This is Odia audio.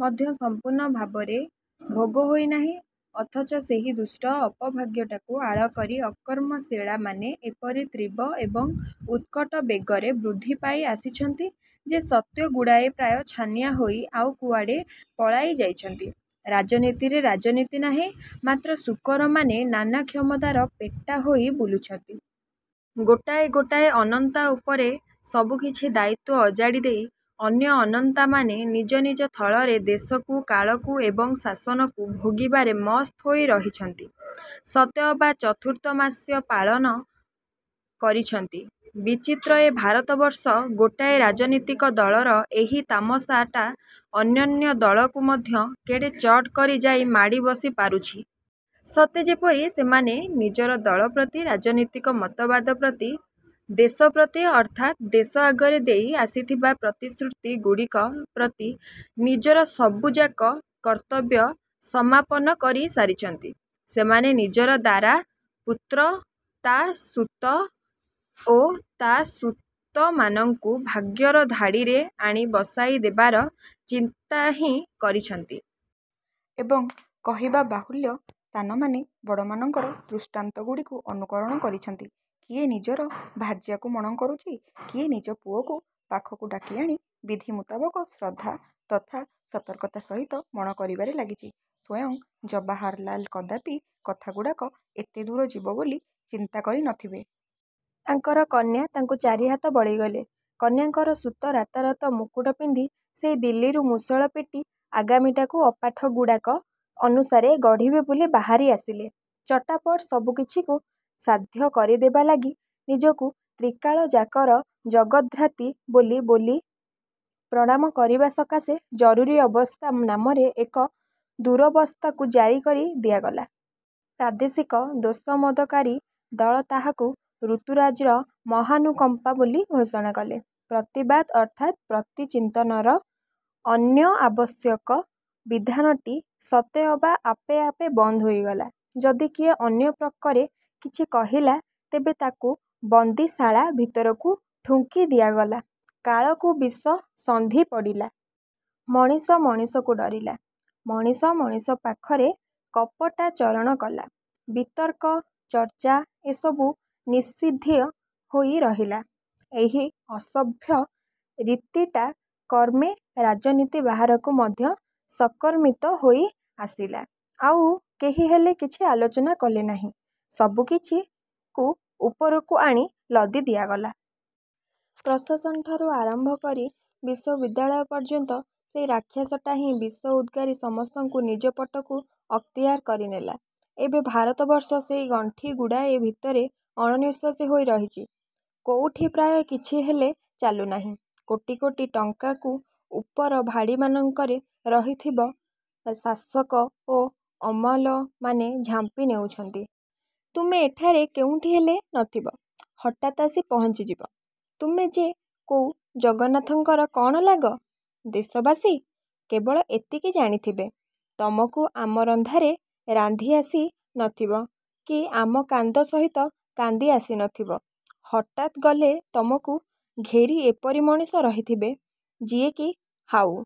ମଧ୍ୟ ସମ୍ପୂର୍ଣ୍ଣ ଭାବରେ ଭୋଗ ହୋଇନାହିଁ। ଅଥଚ ସେହି ଦୁଷ୍ଟ ଅପଭାଗ୍ୟଟାକୁ ଆଳ କରି ଅକର୍ମଶିଳାମାନେ ଏପରି ତୀବ୍ର ଏବଂ ଉତ୍କଟ ବେଗରେ ବୃଦ୍ଧି ପାଇ ଆସିଛନ୍ତି ଯେ, ସତ୍ୟଗୁଡ଼ାକ ପ୍ରାୟ ଛାନିଆ ହୋଇ ଆଉ କୁଆଡ଼େ ପଳାଇ ଯାଇଛନ୍ତି। ରାଜନୀତିରେ ରାଜନୀତି ନାହିଁ, ମାତ୍ର ଶୂକରମାନେ ନାନା କ୍ଷମତାରେ ପେଟା ହୋଇ ବୁଲୁଛନ୍ତି। ଗୋଟାଏ ଗୋଟାଏ ଅନନ୍ତା ଉପରେ ସବୁକିଛି ଦାୟିତ୍ୱ ଅଜାଡ଼ି ଦେଇ ଅନ୍ୟ ଅନନ୍ତାମାନେ ନିଜ ନିଜ ଥଳରେ ଦେଶକୁ, କାଳକୁ ଏବଂ ଶାସନକୁ ଭୋଗିବାରେ ମସ୍ତ ହୋଇ ରହିଛନ୍ତି। ସତେଅବା ଚତୁର୍ମାସ୍ୟା ପାଳନ କରୁଛନ୍ତି। ବିଚିତ୍ର ଏ ଭାରତବର୍ଷ, ଗୋଟାଏ ରାଜନୀତିକ ଦଳର ଏହି ତାମସାଟା ଅନ୍ୟାନ୍ୟ ଦଳକୁ ମଧ୍ୟ କେଡ଼େ ଚଟ୍ କରି ଯାଇ ମାଡ଼ି ବସି ପାରୁଛି। ସତେ ଯେପରି ସେମାନେ ନିଜର ଦଳ ପ୍ରତି, ରାଜନୀତିକ ମତବାଦ ପ୍ରତି, ଦେଶ ପ୍ରତି ଅର୍ଥାତ୍ ଦେଶ ଆଗରେ ଦେଇ ଆସିଥିବା ପ୍ରତିଶ୍ରୁତିଗୁଡ଼ିକ ପ୍ରତି ନିଜର ସବୁଯାକ କର୍ତ୍ତବ୍ୟ ସମାପନ କରି ସାରିଛନ୍ତି; ସେମାନେ ନିଜର ଦାରା, ପୁତ୍ର, ତା' ସୁତ ଓ ତା' ସୁତମାନଙ୍କୁ ଭାଗ୍ୟର ଧାଡ଼ିରେ ଆଣି ବସାଇ ଦେବାର ଚିନ୍ତା ହିଁ କରୁଛନ୍ତି। ଏବଂ, କହିବା ବାହୁଲ୍ୟ, ସାନମାନେ ବଡ଼ମାନଙ୍କର ଦୃଷ୍ଟାନ୍ତଗୁଡ଼ିକୁ ଅନୁକରଣ କରିଛନ୍ତି। କିଏ ନିଜର ଭାର୍ଯ୍ୟାଙ୍କୁ ମଣ କରୁଛି, କିଏ ନିଜ ପୁଅକୁ ପାଖକୁ ଡାକିଆଣି ବିଧି ମୁତାବକ ଶ୍ରଦ୍ଧା ତଥା ସତର୍କତା ସହିତ ମଣ କରିବାରେ ଲାଗିଛି। ସ୍ୱୟଂ ଜବାହରଲାଲ କଦାପି କଥାଗୁଡ଼ାକ ଏତେଦୂର ଯିବ ବୋଲି ଚିନ୍ତା କରି ନଥିବେ। ତାଙ୍କର କନ୍ୟା ତାଙ୍କୁ ଚାରିହାତ ବଳିଗଲେ। କନ୍ୟାଙ୍କର ସୁତ ରାତାରାତ ମୁକୁଟ ପିନ୍ଧି ସେହି ଦିଲ୍ଲୀରୁ ମୁଷଳ ପିଟି ଆଗାମୀଟାକୁ ଅପାଠଗୁଡ଼ାକ ଅନୁସାରେ ଗଢ଼ିବେ ବୋଲି ବାହାରି ଆସିଲେ। ଚଟାପଟ୍ ସବୁକିଛିକୁ ସାଧ୍ୟ କରିଦେବା ଲାଗି ନିଜକୁ ତ୍ରିକାଳଯାକର ଜଗଦ୍ଧାତ୍ରୀ ବୋଲି ବୋଲି ପ୍ରମାଣ କରିବା ସକାଶେ ଜରୁରୀ ଅବସ୍ଥା ନାମରେ ଏକ ଦୁରବସ୍ଥାକୁ ଜାରି କରି ଦିଆଗଲା। ପ୍ରାଦେଶିକ ତୋଷାମଦକାରୀ ଦଳ ତାହାକୁ ଋତୁରାଜର ମହାନୁକମ୍ପା ବୋଲି ଘୋଷଣା କଲେ। ପ୍ରତିବାଦ ଅର୍ଥାତ୍ ପ୍ରତିଚିନ୍ତନର ଅନ୍ୟ ଆବଶ୍ୟକ ଵିଧାନଟି ସତେଅବା ଆପେ ଆପେ ବନ୍ଦ ହୋଇଗଲା। ଯଦି କିଏ ଅନ୍ୟ ପ୍ରକରେ କିଛି କହିଲା, ତେବେ ତାକୁ ବନ୍ଦୀଶାଳା ଭିତରେ ଠୁଙ୍କି ଦିଆଗଲା। କାଳକୁ ବିଷମ ସନ୍ଧି ପଡ଼ିଲା। ମଣିଷ ମଣିଷକୁ ଡ଼ରିଲା, ମଣିଷ ମଣିଷ ପାଖରେ କପଟାଚରଣ କଲା। ବିତର୍କ, ଚର୍ଚ୍ଚା ଏସବୁ ନିଷିଦ୍ଧ ହୋଇ ରହିଲା। ଏହି ଅସଭ୍ୟ ରୀତିଟା କ୍ରମେ ରାଜନୀତି ବାହାରକୁ ମଧ୍ୟ ସଂକ୍ରମିତ ହୋଇ ଆସିଲା। ଆଉ କେହିହେଲେ କିଛି ଆଲୋଚନା କଲେନାହିଁ। ସବୁକିଛିକୁ ଉପରୁ ଆଣି ଲଦି ଦିଆଗଲା। ପ୍ରଶାସନଠାରୁ ଆରମ୍ଭ କରି ବିଶ୍ୱବିଦ୍ୟାଳୟ ପଯ୍ୟନ୍ତ ସେହି ରାକ୍ଷସଟା ହିଁ ବିଷ ଉଦ୍ଗାରି ସମସ୍ତଙ୍କୁ ନିଜ ପଟକୁ ଅକ୍ତିଆର କରିନେଲା। ଏବେ ଭାରତବର୍ଷ ସେହି ଗଣ୍ଠିଗୁଡ଼ାକ ଭିତରେ ଅଣନିଃଶ୍ୱାସୀ ହୋଇ ରହିଛି। କୋଉଠି ପ୍ରାୟ କିଛିହେଲେ ଚାଲୁନାହିଁ। କୋଟି କୋଟି ଟଙ୍କାକୁ ଉପର ଭାଡ଼ିମାନଙ୍କରେ ରହିଥିବା ଶାସକ ଓ ଅମଲାମାନେ ଝାମ୍ପି ନେଉଛନ୍ତି। ତୁମେ ଏଠାରେ କେଉଁଠି ହେଲେ ନଥିବ, ହଠାତ୍ ଆସି ପହଞ୍ଚିଯିବ। ତୁମେ ଯେ କୋଉ ଜଗନ୍ନାଥଙ୍କର କ'ଣ ଲାଗ, ଦେଶବାସୀ କେବେଳ ଏତିକି ଜାଣିଥିବେ। ତୁମକୁ ଆମ ରନ୍ଧାରେ ରାନ୍ଧି ଆସି ନଥିବ କି ଆମ କାନ୍ଦ ସହିତ କାନ୍ଦି ଆସି ନଥିବ, ହଠାତ୍ ଗଲେ ତୁମକୁ ଘେରି ଏପରି ମଣିଷ ରହିଥିବେ, ଯିଏକି ହାଉ